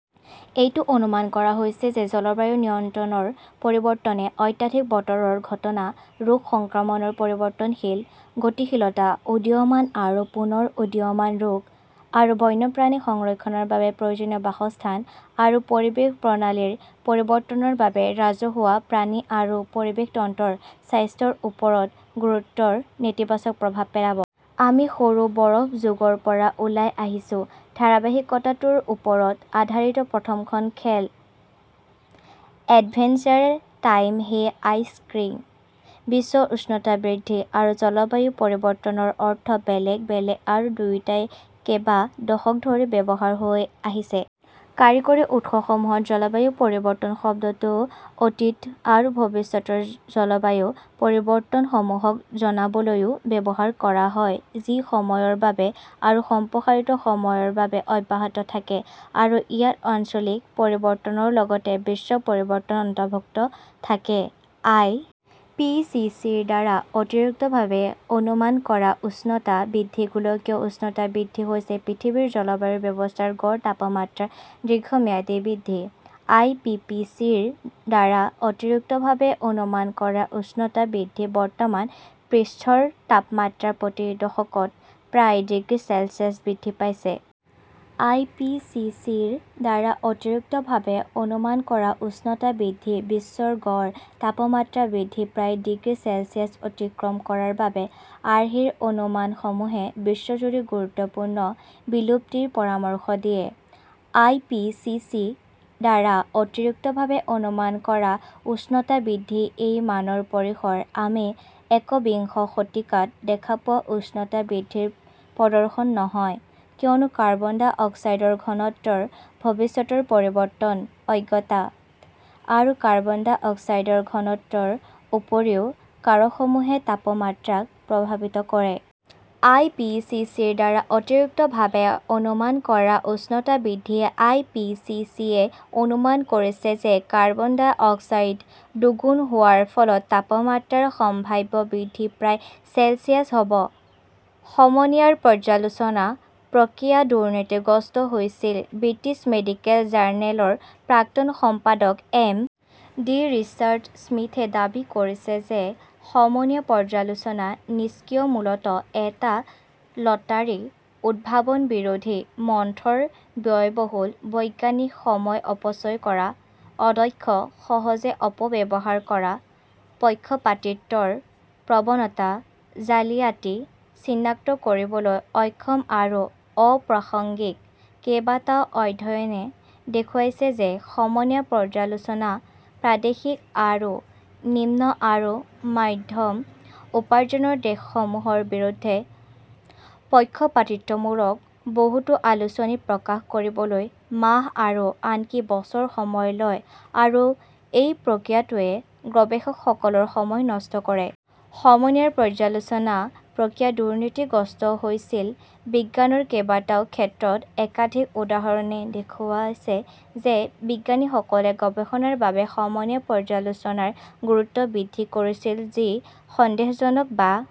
এইটো অনুমান কৰা হৈছে যে জলবায়ুৰ নিৰন্তৰ পৰিৱৰ্তনে অত্যাধিক বতৰৰ ঘটনা, ৰোগ সংক্ৰমণৰ পৰিৱৰ্তনশীল গতিশীলতা, উদীয়মান আৰু পুনৰ উদীয়মান ৰোগ, আৰু বন্যপ্ৰাণী সংৰক্ষণৰ বাবে প্ৰয়োজনীয় বাসস্থান আৰু পৰিৱেশ প্ৰণালীৰ পৰিৱৰ্তনৰ বাবে ৰাজহুৱা, প্ৰাণী আৰু পৰিৱেশ তন্ত্ৰৰ স্বাস্থ্যৰ ওপৰত গুৰুতৰ নেতিবাচক প্ৰভাৱ পেলাব। আমি সৰু বৰফ যুগৰ পৰা ওলাই আহিছো। ধাৰাবাহিকটোৰ ওপৰত আধাৰিত প্ৰথমখন খেল, adventure time hey ice king! 'বিশ্ব উষ্ণতা বৃদ্ধি' আৰু 'জলবায়ু পৰিৱৰ্তন' ৰ অৰ্থ বেলেগ বেলেগ আৰু দুয়োটাই কেইবা দশক ধৰি ব্যৱহাৰ হৈ আহিছে। কাৰিকৰী উৎসসমূহত, জলবায়ু পৰিৱৰ্তন শব্দটো অতীত আৰু ভৱিষ্যতৰ জলবায়ু পৰিৱৰ্তনসমূহক জনাবলৈও ব্যৱহাৰ কৰা হয় যি সময়ৰ বাবে আৰু সম্প্ৰসাৰিত সময়ৰ বাবে অব্যাহত থাকে, আৰু ইয়াত আঞ্চলিক পৰিৱৰ্তনৰ লগতে বিশ্ব পৰিৱৰ্তন অন্তৰ্ভুক্ত থাকে। আই. পি. চি. চি. -ৰ দ্বাৰা অতিৰিক্তভাৱে অনুমান কৰা উষ্ণতা বৃদ্ধি গোলকীয় উষ্ণতা বৃদ্ধি হৈছে পৃথিৱীৰ জলবায়ু ব্যৱস্থাৰ গড় তাপমাত্ৰাৰ দীৰ্ঘম্যাদী বৃদ্ধি। আই. পি. চি. চি. -ৰ দ্বাৰা অতিৰিক্তভাৱে অনুমান কৰা উষ্ণতা বৃদ্ধি বৰ্তমান, পৃষ্ঠৰ তাপমাত্ৰা প্ৰতি দশকত প্ৰায় ডিগ্ৰী চেলছিয়াছ বৃদ্ধি পাইছে। আই. পি. চি. চি. -ৰ দ্বাৰা অতিৰিক্তভাৱে অনুমান কৰা উষ্ণতা বৃদ্ধি বিশ্বৰ গড় তাপমাত্ৰা বৃদ্ধি প্ৰায় ডিগ্ৰী চেলছিয়াছ অতিক্ৰম কৰাৰ বাবে, আৰ্হিৰ অনুমানসমূহে বিশ্বজুৰি গুৰুত্বপূৰ্ণ বিলুপ্তিৰ পৰামৰ্শ দিয়ে। আই. পি. চি. চি. -ৰ দ্বাৰা অতিৰিক্তভাৱে অনুমান কৰা উষ্ণতা বৃদ্ধি এই মানৰ পৰিসৰ আমি একবিংশ শতিকাত দেখা পোৱা উষ্ণতা বৃদ্ধিৰ প্ৰদৰ্শন নহয়, কিয়নো কাৰ্বন ডাই অক্সাইডৰ ঘনত্বৰ ভৱিষ্যতৰ পৰিৱৰ্তন অজ্ঞাত, আৰু কাৰ্বন ডাই অক্সাইডৰ ঘনত্বৰ উপৰিও কাৰকসমূহে তাপমাত্ৰাক প্ৰভাৱিত কৰে। আই. পি. চি. চি. -ৰ দ্বাৰা অতিৰিক্তভাৱে অনুমান কৰা উষ্ণতা বৃদ্ধি আই. পি. চি. চি. -য়ে অনুমান কৰিছে যে কাৰ্বন ডাই অক্সাইড দুগুণ হোৱাৰ ফলত তাপমাত্ৰাৰ সম্ভাৱ্য বৃদ্ধি প্ৰায় চেলছিয়াছ, হ 'ব। সমনীয়াৰ পৰ্যালোচনা প্ৰক্ৰিয়া দুৰ্নীতিগ্ৰস্ত হৈছিল ব্ৰিটিছ মেডিকেল জাৰ্নেলৰ প্ৰাক্তন সম্পাদক এম. ডি. ৰিচাৰ্ড স্মিথে দাবী কৰিছে যে সমনীয়া পৰ্যালোচনা "নিষ্ক্ৰিয়, মূলতঃ এটা লটাৰী, উদ্ভাৱন-বিৰোধী, মন্থৰ, ব্যয়বহুল, বৈজ্ঞানিক সময় অপচয় কৰা, অদক্ষ, সহজে অপব্যৱহাৰ কৰা, পক্ষপাতিত্বৰ প্ৰৱণতা, জালিয়াতি চিনাক্ত কৰিবলৈ অক্ষম আৰু অপ্ৰাসংগিক; কেইবাটাও অধ্যয়নে দেখুৱাইছে যে সমনীয়া পৰ্যালোচনা প্ৰাদেশিক আৰু নিম্ন আৰু মধ্যম উপাৰ্জনৰ দেশসমূহৰ বিৰুদ্ধে পক্ষপাতমূলক; বহুতো আলোচনী প্ৰকাশ কৰিবলৈ মাহ আৰু আনকি বছৰ সময় লয় আৰু এই প্ৰক্ৰিয়াটোৱে গৱেষকসকলৰ সময় নষ্ট কৰে। সমনীয়াৰ পৰ্যালোচনা প্ৰক্ৰিয়া দুৰ্নীতিগ্ৰস্ত হৈছিল বিজ্ঞানৰ কেইবাটাও ক্ষেত্ৰত একাধিক উদাহৰণে দেখুৱাইছে যে বিজ্ঞানীসকলে গৱেষণাৰ বাবে সমনীয়া পৰ্যালোচনাৰ গুৰুত্ব বৃদ্ধি কৰিছিল যি সন্দেহজনক বা